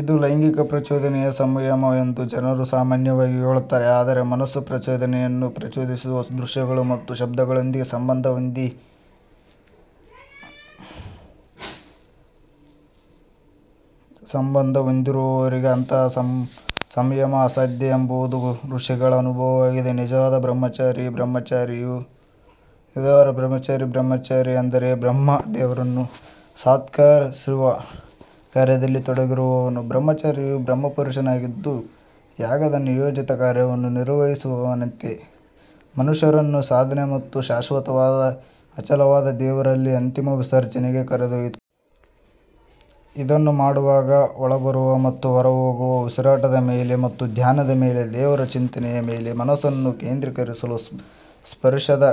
ಇದು ಲೈಂಗಿಕ ಪ್ರಚೋದನೆಯ ಸಂಯಮ ಎಂದು ಜನರು ಸಾಮಾನ್ಯವಾಗಿ ಹೇಳುತ್ತಾರೆ ಆದರೆ ಮನಸ್ಸು ಪ್ರಚೋದನೆಯನ್ನು ಪ್ರಚೋದಿಸುವ ದೃಶ್ಯಗಳು ಮತ್ತು ಶಬ್ದಗಳೊಂದಿಗೆ ಸಂಬಂಧ ಹೊಂದಿರುವವರೆಗೆ ಅಂತಹ ಸಂಯಮ ಅಸಾಧ್ಯ ಎಂಬುದು ಋಷಿಗಳ ಅನುಭವವಾಗಿದೆ. ನಿಜವಾದ ಬ್ರಹ್ಮಚಾರಿ ಬ್ರಹ್ಮಚಾರಿ ಎಂದರೆ ಬ್ರಹ್ಮ ದೇವರನ್ನು ಸಾಕ್ಷಾತ್ಕರಿಸುವ ಕಾರ್ಯದಲ್ಲಿ ತೊಡಗಿರುವವನು. ಬ್ರಹ್ಮಚಾರಿಯು ಬ್ರಹ್ಮ ಪುರುಷನಾಗಿದ್ದು, ಯಾಗದ ನಿಯೋಜಿತ ಕಾರ್ಯವನ್ನು ನಿರ್ವಹಿಸುವವನಂತೆ ಮನುಷ್ಯರನ್ನು ಸಾಧನೆ ಮತ್ತು ಶಾಶ್ವತವಾದ ಅಚಲವಾದ ದೇವರಲ್ಲಿ ಅಂತಿಮ ವಿಸರ್ಜನೆಗೆ ಕರೆದೊಯ್ಯುತ್ತದೆ. ಇದನ್ನು ಮಾಡುವಾಗ, ಒಳಬರುವ ಮತ್ತು ಹೊರಹೋಗುವ ಉಸಿರಾಟದ ಮೇಲೆ ಮತ್ತು ಧ್ಯಾನದ ಮೇಲೆ ದೇವರ ಚಿಂತನೆಯ ಮೇಲೆ ಮನಸ್ಸನ್ನು ಕೇಂದ್ರೀಕರಿಸಲು ಸ್ಪರ್ಶದ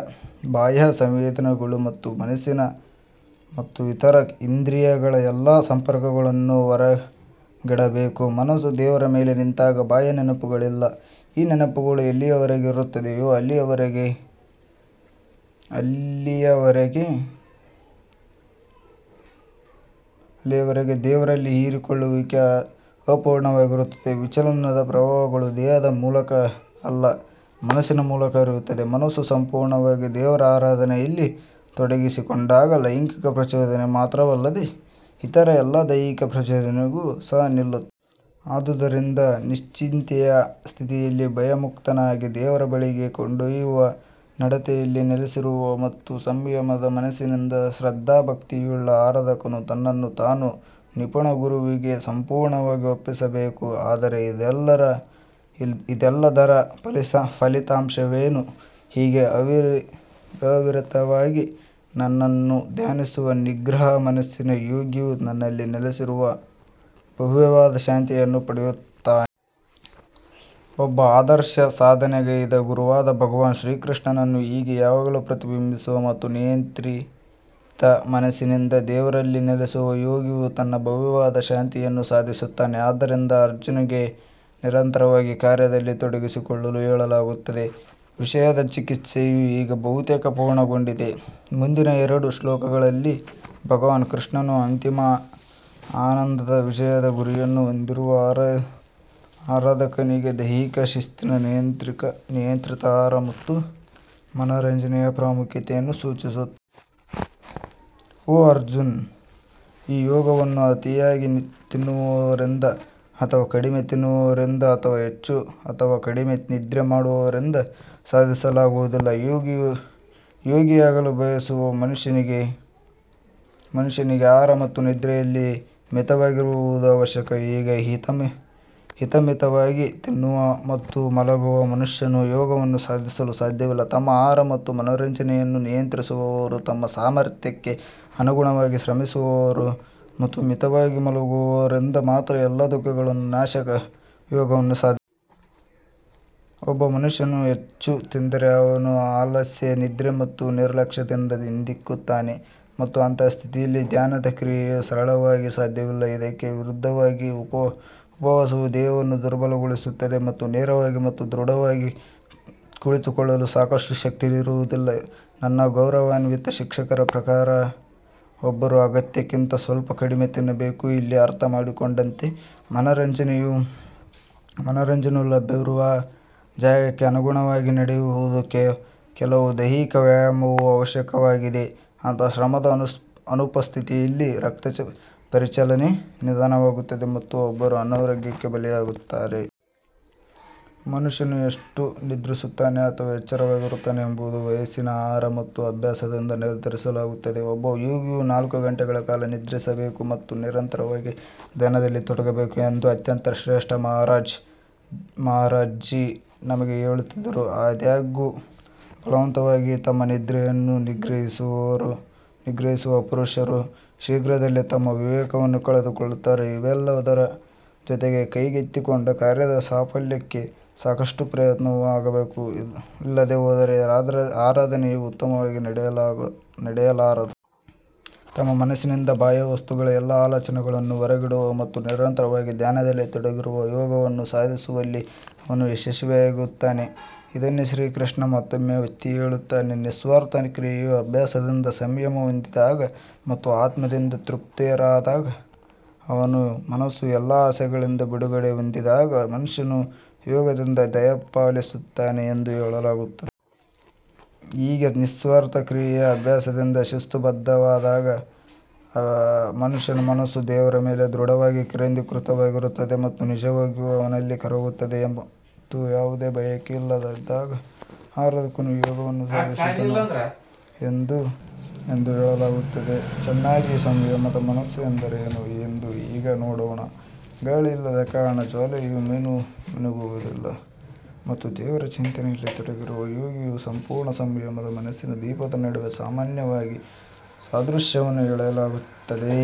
ಬಾಹ್ಯ ಸಂವೇದನೆಗಳು ಮತ್ತು ಮನಸ್ಸಿನ ಮತ್ತು ಇತರ ಇಂದ್ರಿಯಗಳ ಎಲ್ಲಾ ಸಂಪರ್ಕಗಳನ್ನು ಹೊರಗಿಡಬೇಕು. ಮನಸ್ಸು ದೇವರ ಮೇಲೆ ನಿಂತಾಗ ಬಾಹ್ಯ ನೆನಪುಗಳಿಲ್ಲ ಈ ನೆನಪುಗಳು ಎಲ್ಲಿಯವರೆಗೆ ಇರುತ್ತದೆಯೋ ಅಲ್ಲಿಯವರೆಗೆ ದೇವರಲ್ಲಿ ಹೀರಿಕೊಳ್ಳುವಿಕೆಯು ಅಪೂರ್ಣವಾಗಿರುತ್ತದೆ ವಿಚಲನದ ಪ್ರವಾಹಗಳು ದೇಹದ ಮೂಲಕ ಅಲ್ಲ ಮನಸ್ಸಿನ ಮೂಲಕ ಹರಿಯುತ್ತವೆ ಮನಸ್ಸು ಸಂಪೂರ್ಣವಾಗಿ ದೇವರ ಆರಾಧನೆಯಲ್ಲಿ ತೊಡಗಿಸಿಕೊಂಡಾಗ ಲೈಂಗಿಕ ಪ್ರಚೋದನೆ ಮಾತ್ರವಲ್ಲದೆ ಇತರ ಎಲ್ಲಾ ದೈಹಿಕ ಪ್ರಚೋದನೆಗಳು ಸಹ ನಿಲ್ಲುತ್ತವೆ. ಆದುದರಿಂದ ನಿಶ್ಚಿಂತೆಯ ಸ್ಥಿತಿಯಲ್ಲಿ ಭಯಮುಕ್ತನಾಗಿ ದೇವರ ಬಳಿಗೆ ಕೊಂಡೊಯ್ಯುವ ನಡತೆಯಲ್ಲಿ ನೆಲೆಸಿರುವ ಮತ್ತು ಸಂಯಮದ ಮನಸ್ಸಿನಿಂದ ಶ್ರದ್ಧಾಭಕ್ತಿಯುಳ್ಳ ಆರಾಧಕನು ತನ್ನನ್ನು ತಾನು ನಿಪುಣ ಗುರುವಿಗೆ ಸಂಪೂರ್ಣವಾಗಿ ಒಪ್ಪಿಸಬೇಕು. ಆದರೆ ಇದೆಲ್ಲದರ ಫಲಿತಾಂಶವೇನು ಹೀಗೆ ಅವಿರತವಾಗಿ ನನ್ನನ್ನು ಧ್ಯಾನಿಸುವ ನಿಗ್ರಹ ಮನಸ್ಸಿನ ಯೋಗಿಯು ನನ್ನಲ್ಲಿ ನೆಲೆಸಿರುವ ಭವ್ಯವಾದ ಶಾಂತಿಯನ್ನು ಪಡೆಯುತ್ತಾನೆ. ಒಬ್ಬ ಆದರ್ಶ ಸಾಧನೆಗೈದ ಗುರುವಾದ ಭಗವಾನ್ ಶ್ರೀಕೃಷ್ಣನನ್ನು ಹೀಗೆ ಯಾವಾಗಲೂ ಪ್ರತಿಬಿಂಬಿಸುವ ಮತ್ತು ನಿಯಂತ್ರಿತ ಮನಸ್ಸಿನಿಂದ ದೇವರಲ್ಲಿ ನೆಲೆಸುವ ಯೋಗಿಯು ತನ್ನ ಭವ್ಯವಾದ ಶಾಂತಿಯನ್ನು ಸಾಧಿಸುತ್ತಾನೆ. ಆದ್ದರಿಂದ ಅರ್ಜುನ್ಗೆ ನಿರಂತರವಾಗಿ ಕಾರ್ಯದಲ್ಲಿ ತೊಡಗಿಸಿಕೊಳ್ಳಲು ಹೇಳಲಾಗುತ್ತದೆ ವಿಷಯದ ಚಿಕಿತ್ಸೆಯು ಈಗ ಬಹುತೇಕ ಪೂರ್ಣಗೊಂಡಿದೆ ಮುಂದಿನ ಎರಡು ಶ್ಲೋಕಗಳಲ್ಲಿ ಭಗವಾನ್ ಕೃಷ್ಣನು ಅಂತಿಮ ಆನಂದದ ವಿಜಯದ ಗುರಿಯನ್ನು ಹೊಂದಿರುವ ಆರಾಧಕನಿಗೆ ದೈಹಿಕ ಶಿಸ್ತಿನ ನಿಯಂತ್ರಿತ ಆಹಾರ ಮತ್ತು ಮನರಂಜನೆಯ ಪ್ರಾಮುಖ್ಯತೆಯನ್ನು ಸೂಚಿಸುತ್ತಾನೆ. ಓ ಅರ್ಜುನ್ ಈ ಯೋಗವನ್ನು ಅತಿಯಾಗಿ ತಿನ್ನುವವರಿಂದ ಅಥವಾ ಕಡಿಮೆ ತಿನ್ನುವವರಿಂದ ಅಥವಾ ಹೆಚ್ಚು ಅಥವಾ ಕಡಿಮೆ ನಿದ್ರೆ ಮಾಡುವವರಿಂದ ಸಾಧಿಸಲಾಗುವುದಿಲ್ಲ. ಯೋಗಿಯಾಗಲು ಬಯಸುವ ಮನುಷ್ಯನಿಗೆ ಆಹಾರ ಮತ್ತು ನಿದ್ರೆಯಲ್ಲಿ ಮಿತವಾಗಿರುವುದು ಅವಶ್ಯಕ ಈಗ ಹಿತಮಿತವಾಗಿ ತಿನ್ನುವ ಮತ್ತು ಮಲಗುವ ಮನುಷ್ಯನು ಯೋಗವನ್ನು ಸಾಧಿಸಲು ಸಾಧ್ಯವಿಲ್ಲ ತಮ್ಮ ಆಹಾರ ಮತ್ತು ಮನೋರಂಜನೆಯನ್ನು ನಿಯಂತ್ರಿಸುವವರು ತಮ್ಮ ಸಾಮರ್ಥ್ಯಕ್ಕೆ ಅನುಗುಣವಾಗಿ ಶ್ರಮಿಸುವವರು ಮತ್ತು ಮಿತವಾಗಿ ಮಲಗುವವರಿಂದ ಮಾತ್ರ ಎಲ್ಲಾ ದುಃಖಗಳ ನಾಶಕ ಯೋಗವನ್ನು ಸಾಧಿಸಲಾಗುತ್ತದೆ. ಒಬ್ಬ ಮನುಷ್ಯನು ಹೆಚ್ಚು ತಿಂದರೆ ಅವನು ಆಲಸ್ಯ ನಿದ್ರೆ ಮತ್ತು ನಿರ್ಲಕ್ಷ್ಯದಿಂದ ಹಿಂದಿಕ್ಕುತ್ತಾನೆ ಮತ್ತು ಅಂತಹ ಸ್ಥಿತಿಯಲ್ಲಿ ಧ್ಯಾನದ ಕ್ರಿಯೆಯು ಸರಳವಾಗಿ ಸಾಧ್ಯವಿಲ್ಲ ಇದಕ್ಕೆ ವಿರುದ್ಧವಾಗಿ ಉಪವಾಸವು ದೇಹವನ್ನು ದುರ್ಬಲಗೊಳಿಸುತ್ತದೆ ಮತ್ತು ನೇರವಾಗಿ ಮತ್ತು ದೃಢವಾಗಿ ಕುಳಿತುಕೊಳ್ಳಲು ಸಾಕಷ್ಟು ಶಕ್ತಿ ಇರುವುದಿಲ್ಲ ನನ್ನ ಗೌರವಾನ್ವಿತ ಶಿಕ್ಷಕರ ಪ್ರಕಾರ ಒಬ್ಬರು ಅಗತ್ಯಕ್ಕಿಂತ ಸ್ವಲ್ಪ ಕಡಿಮೆ ತಿನ್ನಬೇಕು ಇಲ್ಲಿ ಅರ್ಥಮಾಡಿಕೊಂಡಂತೆ ಮನರಂಜನೆಯು ಲಭ್ಯವಿರುವ ಜಾಗಕ್ಕೆ ಅನುಗುಣವಾಗಿ ನಡೆಯುವುದು ಕೆಲವು ದೈಹಿಕ ವ್ಯಾಯಾಮವು ಅವಶ್ಯಕವಾಗಿದೆ, ಅಂತಹ ಶ್ರಮದ ಅನುಪಸ್ಥಿತಿಯಲ್ಲಿ ರಕ್ತ ಪರಿಚಲನೆ ನಿಧಾನವಾಗುತ್ತದೆ ಮತ್ತು ಒಬ್ಬರು ಅನಾರೋಗ್ಯಕ್ಕೆ ಬಲಿಯಾಗುತ್ತಾರೆ. ಮನುಷ್ಯನು ಎಷ್ಟು ನಿದ್ರಿಸುತ್ತಾನೆ ಅಥವಾ ಎಚ್ಚರವಾಗಿರುತ್ತಾನೆ ಎಂಬುದನ್ನು ವಯಸ್ಸಿನ ಆಹಾರ ಮತ್ತು ಅಭ್ಯಾಸದಿಂದ ನಿರ್ಧರಿಸಲಾಗುತ್ತದೆ ಒಬ್ಬ ಯೋಗಿಯು ನಾಲ್ಕು ಗಂಟೆಗಳ ಕಾಲ ನಿದ್ರಿಸಬೇಕು ಮತ್ತು ನಿರಂತರವಾಗಿ ಧ್ಯಾನದಲ್ಲಿ ತೊಡಗಬೇಕು ಎಂದು ಅತ್ಯಂತ ಶ್ರೇಷ್ಠ ಮಹಾರಾಜ್ ಜೀ ನಮಗೆ ಹೇಳುತ್ತಿದ್ದರು. ಆದಾಗ್ಯೂ, ಬಲವಂತವಾಗಿ ತಮ್ಮ ನಿದ್ರೆಯನ್ನು ನಿಗ್ರಹಿಸುವ ಪುರುಷರು ಶೀಘ್ರದಲ್ಲೇ ತಮ್ಮ ವಿವೇಕವನ್ನು ಕಳೆದುಕೊಳ್ಳುತ್ತಾರೆ ಇವೆಲ್ಲದರ ಜೊತೆಗೆ ಕೈಗೆತ್ತಿಕೊಂಡ ಕಾರ್ಯದ ಸಾಫಲ್ಯಕ್ಕೆ ಸಾಕಷ್ಟು ಪ್ರಯತ್ನವೂ ಆಗಬೇಕು, ಇಲ್ಲದೇ ಹೋದರೆ ಆರಾಧನೆಯು ಉತ್ತಮವಾಗಿ ನಡೆಯಲಾರದು. ತನ್ನ ಮನಸ್ಸಿನಿಂದ ಬಾಹ್ಯ ವಸ್ತುಗಳ ಎಲ್ಲಾ ಆಲೋಚನೆಗಳನ್ನು ಹೊರಗಿಡುವ ಮತ್ತು ನಿರಂತರವಾಗಿ ಧ್ಯಾನದಲ್ಲಿ ತೊಡಗಿರುವ ಯೋಗವನ್ನು ಸಾಧಿಸುವಲ್ಲಿ ಅವನು ಯಶಸ್ವಿಯಾಗುತ್ತಾನೆ. ಇದನ್ನೇ ಶ್ರೀಕೃಷ್ಣ ಮತ್ತೊಮ್ಮೆ ಒತ್ತಿ ಹೇಳುತ್ತಾನೆ ನಿಸ್ವಾರ್ಥ ಕ್ರಿಯೆಯ ಅಭ್ಯಾಸದಿಂದ ಸಂಯಮ ಹೊಂದಿದಾಗ ಮತ್ತು ಆತ್ಮದಿಂದ ತೃಪ್ತರಾದಾಗ ಅವನ ಮನಸ್ಸು ಎಲ್ಲಾ ಆಸೆಗಳಿಂದ ಬಿಡುಗಡೆ ಹೊಂದಿದಾಗ ಮನುಷ್ಯನು ಯೋಗದಿಂದ ದಯಪಾಲಿಸುತ್ತಾನೆ ಎಂದು ಹೇಳಲಾಗುತ್ತದೆ. ಹೀಗೆ ನಿಸ್ವಾರ್ಥ ಕ್ರಿಯೆಯ ಅಭ್ಯಾಸದಿಂದ ಶಿಸ್ತುಬದ್ಧವಾದಾಗ ಮನುಷ್ಯನ ಮನಸ್ಸು ದೇವರ ಮೇಲೆ ದೃಢವಾಗಿ ಕೇಂದ್ರೀಕೃತವಾಗಿರುತ್ತದೆ ಮತ್ತು ನಿಜವಾಗಿಯೂ ಅವನಲ್ಲಿ ಕರಗುತ್ತದೆ ಮತ್ತು ಯಾವುದೇ ಬಯಕೆಯಿಲ್ಲದಿದ್ದಾಗ ಆರಾಧಕನು ಯೋಗವನ್ನು ಸಾಧಿಸಿದನು ಎಂದು ಹೇಳಲಾಗುತ್ತದೆ. ಚೆನ್ನಾಗಿ ಸಂಯಮದ ಮನಸ್ಸು ಎಂದರೇನು ಎಂದು ಈಗ ನೋಡೋಣ ಗಾಳಿ ಇಲ್ಲದ ಕಾರಣ ಜ್ವಾಲೆಯು ಮಿನುಗುವುದಿಲ್ಲ ಮತ್ತು ದೇವರ ಚಿಂತನೆಯಲ್ಲಿ ತೊಡಗಿರುವ ಯೋಗಿಯ ಸಂಪೂರ್ಣ ಸಂಯಮದ ಮನಸ್ಸಿನ ದೀಪದ ನಡುವೆ ಸಾಮಾನ್ಯವಾಗಿ ಸಾದೃಶ್ಯವನ್ನು ಎಳೆಯಲಾಗುತ್ತದೆ.